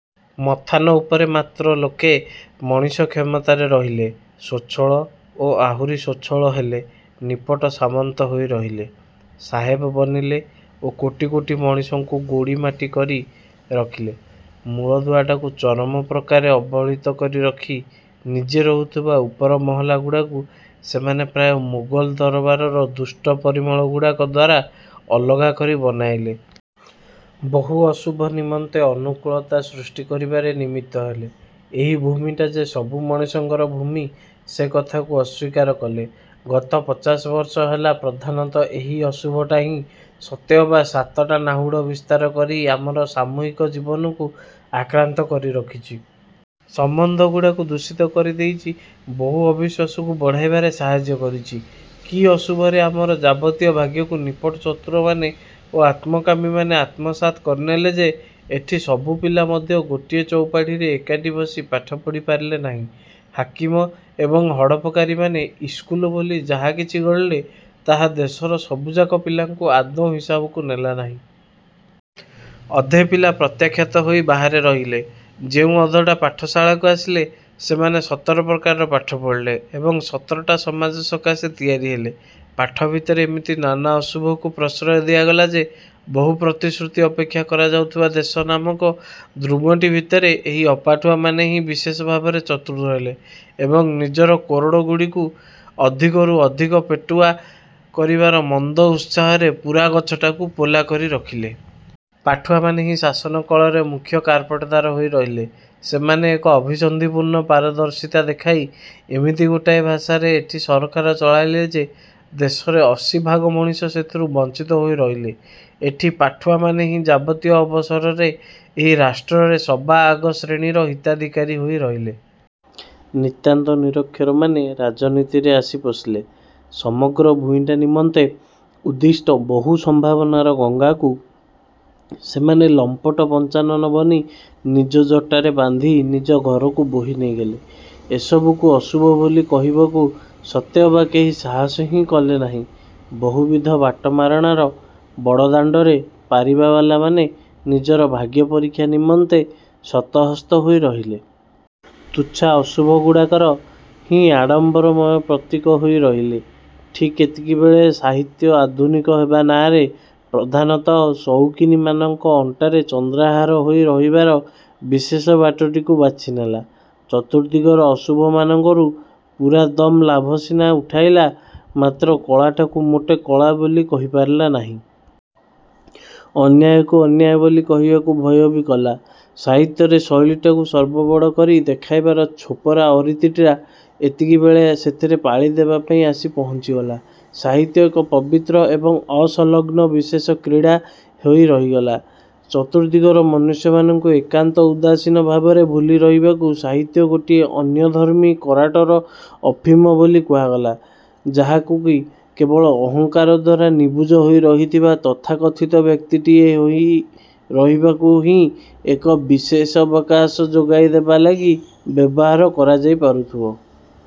ମଥାନ ଉପରେ ମାତ୍ର ଲୋକେ ମଣିଷ କ୍ଷମତାରେ ରହିଲେ। ସୋଛଳ ଓ ଆହୁରି ସୋଛଳ ହେଲେ ନିପଟ ସାମନ୍ତ ହୋଇ ରହିଲେ । ସାହେବ ବନିଲେ ଓ କୋଟି କୋଟି ମଣିଷଙ୍କୁ ଗୋଡ଼ି ମାଟି କରି ରଖିଲେ। ମୂଳଦୁଆଟାକୁ ଚରମ ପ୍ରକାରେ ଅବହେଳିତ କରି ରଖି, ନିଜେ ରହୁଥିବା ଉପର ମହଲାଗୁଡ଼ାକୁ ସେମାନେ ପ୍ରାୟ ମୋଗଲ ଦରବାରର ଦୁଷ୍ଟ ପରିମଳଗୁଡ଼ାକ ଦ୍ଵାରା ଅଲଗା କରି ବନାଇଲେ। ବହୁ ଅଶୁଭ ନିମନ୍ତେ ଅନୁକୂଳତା ସୃଷ୍ଟି କରିବାରେ ନିମିତ୍ତ ହେଲେ। ଏହି ଭୂମିଟା ଯେ ସବୁ ମଣିଷଙ୍କର ଭୂମି ସେ କଥାକୁ ଅସ୍ୱୀକାର କଲେ। ଗତ ପଚାଶ ବର୍ଷ ହେଲା ପ୍ରଧାନତଃ ଏହି ଅଶୁଭଟା ହିଁ ସତେଅବା ସାତଟା ନାହୁଡ଼ ବିସ୍ତାର କରି ଆମର ସାମୂହିକ ଜୀବନକୁ ଆକ୍ରାନ୍ତ କରି ରଖିଛି। ସମ୍ବନ୍ଧଗୁଡ଼ାକୁ ଦୂଷିତ କରିଦେଇଛି, ବହୁ ଅବିଶ୍ୱାସକୁ ବଢ଼ାଇବାରେ ସାହାଯ୍ୟ କରିଛି। କି ଅଶୁଭରେ ଆମର ଯାବତୀୟ ଭାଗ୍ୟକୁ ନିପଟ ଚତୁରମାନେ ଓ ଆତ୍ମକାମୀମାନେ ଆତ୍ମସାତ୍ କରିନେଲେ ,ଯେ ଏଠି ସବୁ ପିଲା ମଧ୍ୟ ଗୋଟିଏ ଚଉପାଢ଼ୀରେ ଏକାଠି ବସି ପାଠ ପଢ଼ି ପାରିଲେ ନାହିଁ। ହାକିମ ଏବଂ ହଡ଼ପକାରୀମାନେ ଇସ୍କୁଲ ବୋଲି ଯାହା କିଛି ଗଢ଼ିଲେ, ତାହା ଦେଶର ସବୁଯାକ ପିଲାଙ୍କୁ ଆଦୌ ହିସାବକୁ ନେଲା ନାହିଁ। ଅଧେ ପିଲା ପ୍ରତ୍ୟାଖ୍ୟାତ ହୋଇ ବାହାରେ ରହିଗଲେ। ଯେଉଁ ଅଧଟା ପାଠଶାଳାକୁ ଆସିଲେ, ସେମାନେ ସତର ପ୍ରକାରର ପାଠ ପଢ଼ିଲେ ଏବଂ ସତରଟା ସମାଜ ସକାଶେ ତିଆରି ହେଲେ। ପାଠ ଭିତରେ ଏମିତି ନାନା ଅଶୁଭକୁ ପ୍ରଶ୍ରୟ ଦିଆଗଲା ଯେ ବହୁ ପ୍ରତିଶ୍ରୁତି ଅପେକ୍ଷା କରାଯାଉଥିବା ଦେଶ ନାମକ ଦ୍ରୂମଟି ଭିତରେ ଏହି ପାଠୁଆମାନେ ହିଁ ବିଶେଷଭାବରେ ଚତୁର ହେଲେ ଏବଂ ନିଜର କୋରଡ଼ଗୁଡ଼ିକୁ ଅଧିକରୁ ଅଧିକ ପେଟୁଆ କରିବାର ମନ୍ଦ ଉତ୍ସାହରେ ପୂରା ଗଛଟାକୁ ପୋଲା କରି ରଖିଲେ। ପାଠୁଆମାନେ ହିଁ ଶାସନ କଳରେ ମୁଖ୍ୟ କାରପଟଦାର ହୋଇ ରହିଲେ। ସେମାନେ ଏକ ଅଭିସନ୍ଧିପୂର୍ଣ୍ଣ ପାରଦର୍ଶିତା ଦେଖାଇ ଏମିତି ଗୋଟାଏ ଭାଷାରେ ଏଠି ସରକାର ଚଳାଇଲେ ଯେ, ଦେଶରେ ଅଶୀଭାଗ ମଣିଷ ସେଥିରୁ ବଂଚିତ ହୋଇ ରହିଲେ। ଏଠି ପାଠୁଆମାନେ ହିଁ ଯାବତୀୟ ଅବସରରେ ଏହି ରାଷ୍ଟ୍ରରେ ସବାଆଗ ଶ୍ରେଣୀର ହିତାଧିକାରୀ ହୋଇ ରହିଲେ। ନିତାନ୍ତ ନିରକ୍ଷରମାନେ ରାଜନୀତିରେ ଆଶି ପଶିଲେ, ସମଗ୍ର ଭୂଇଁଟା ନିମନ୍ତେ ଉଦ୍ଦିଷ୍ଟ ବହୁ ସମ୍ଭାବନାର ଗଙ୍ଗାକୁ ସେମାନେ ଲମ୍ପଟ ପଞ୍ଚାନନ ବନି ନିଜ ଜଟାରେ ବାନ୍ଧି ନିଜ ଘରକୁ ବୋହି ନେଇଗଲେ। ଏସବୁକୁ ଅଶୁଭ ବୋଲି କହିବାକୁ ସତେଅବା କେହି ସାହସ ହିଁ କଲେନାହିଁ। ବହୁବିଧ ବାଟମାରଣାର ବଡ଼ଦାଣ୍ଡରେ ପାରିବାବାଲାମାନେ ନିଜର ଭାଗ୍ୟପରୀକ୍ଷା ନିମନ୍ତେ ଶତହସ୍ତ ହୋଇ ରହିଲେ। ତୁଚ୍ଛା ଅଶୁଭଗୁଡ଼ାକର ହିଁ ଆଡ଼ମ୍ବରମୟ ପ୍ରତୀକ ହୋଇ ରହିଲେ। ଠିକ୍ ଏତିକିବେଳେକେ ସାହିତ୍ୟ ଆଧୁନିକ ହେବା ନାଆଁରେ ପ୍ରଧାନତଃ ସଉକିନୀମାନଙ୍କ ଅଣ୍ଟାରେ ଚନ୍ଦ୍ରହାର ହୋଇ ରହିବାର ବିଶେଷ ବାଟଟିକୁ ବାଛିନେଲା। ଚତୁର୍ଦ୍ଦିଗର ଅଶୁଭମାନଙ୍କରୁ ପୂରାଦମ୍ ଲାଭ ସିନା ଉଠାଇଲା, ମାତ୍ର କଳାଟାକୁ ମୋଟେ କଳା ବୋଲି କହିପାରିଲା ନାହିଁ। ଅନ୍ୟାୟକୁ ଅନ୍ୟାୟ ବୋଲି କହିବାକୁ ଭୟ ବି କଲା। ସାହିତ୍ୟରେ ଶୈଳୀଟାକୁ ସର୍ବବଡ଼ କରି ଦେଖାଇବାର ଛୋପରା ଅରୀତିଟା ଏତିକିବେଳେ ସେଥିରେ ପାଳି ଦେବାପାଇଁ ଆସି ପହଞ୍ଚିଗଲା। ସାହିତ୍ୟ ଏକ ପବିତ୍ର ଏବଂ ଅସଂଲଗ୍ନ ବିଶେଷ କ୍ରୀଡ଼ା ଏବଂ ହୋଇ ରହିଗଲା। ଚତୁର୍ଦ୍ଦିଗର ମନୁଷ୍ୟମାନଙ୍କୁ ଏକାନ୍ତ ଉଦାସୀନ ଭାବରେ ଭୁଲି ରହିବାକୁ ସାହିତ୍ୟକୁ ଗୋଟାଏ ଅନ୍ୟଧର୍ମୀ କରାଟର ଅଫିମ ବୋଲି କୁହାଗଲା, ଯାହାକୁ କି କେବଳ ଅହଙ୍କାର ଦ୍ଵାରା ନିବୁଜ ହୋଇ ରହିଥିବା ତଥାକଥିତ ବ୍ୟକ୍ତିଟିଏ ହୋଇ ରହିବାକୁ ହିଁ ଏକ ବିଶେଷାବକାଶ ଯୋଗାଇ ଦେବାଲାଗି ବ୍ୟବହାର କରାଯାଇ ପାରୁଥିବ।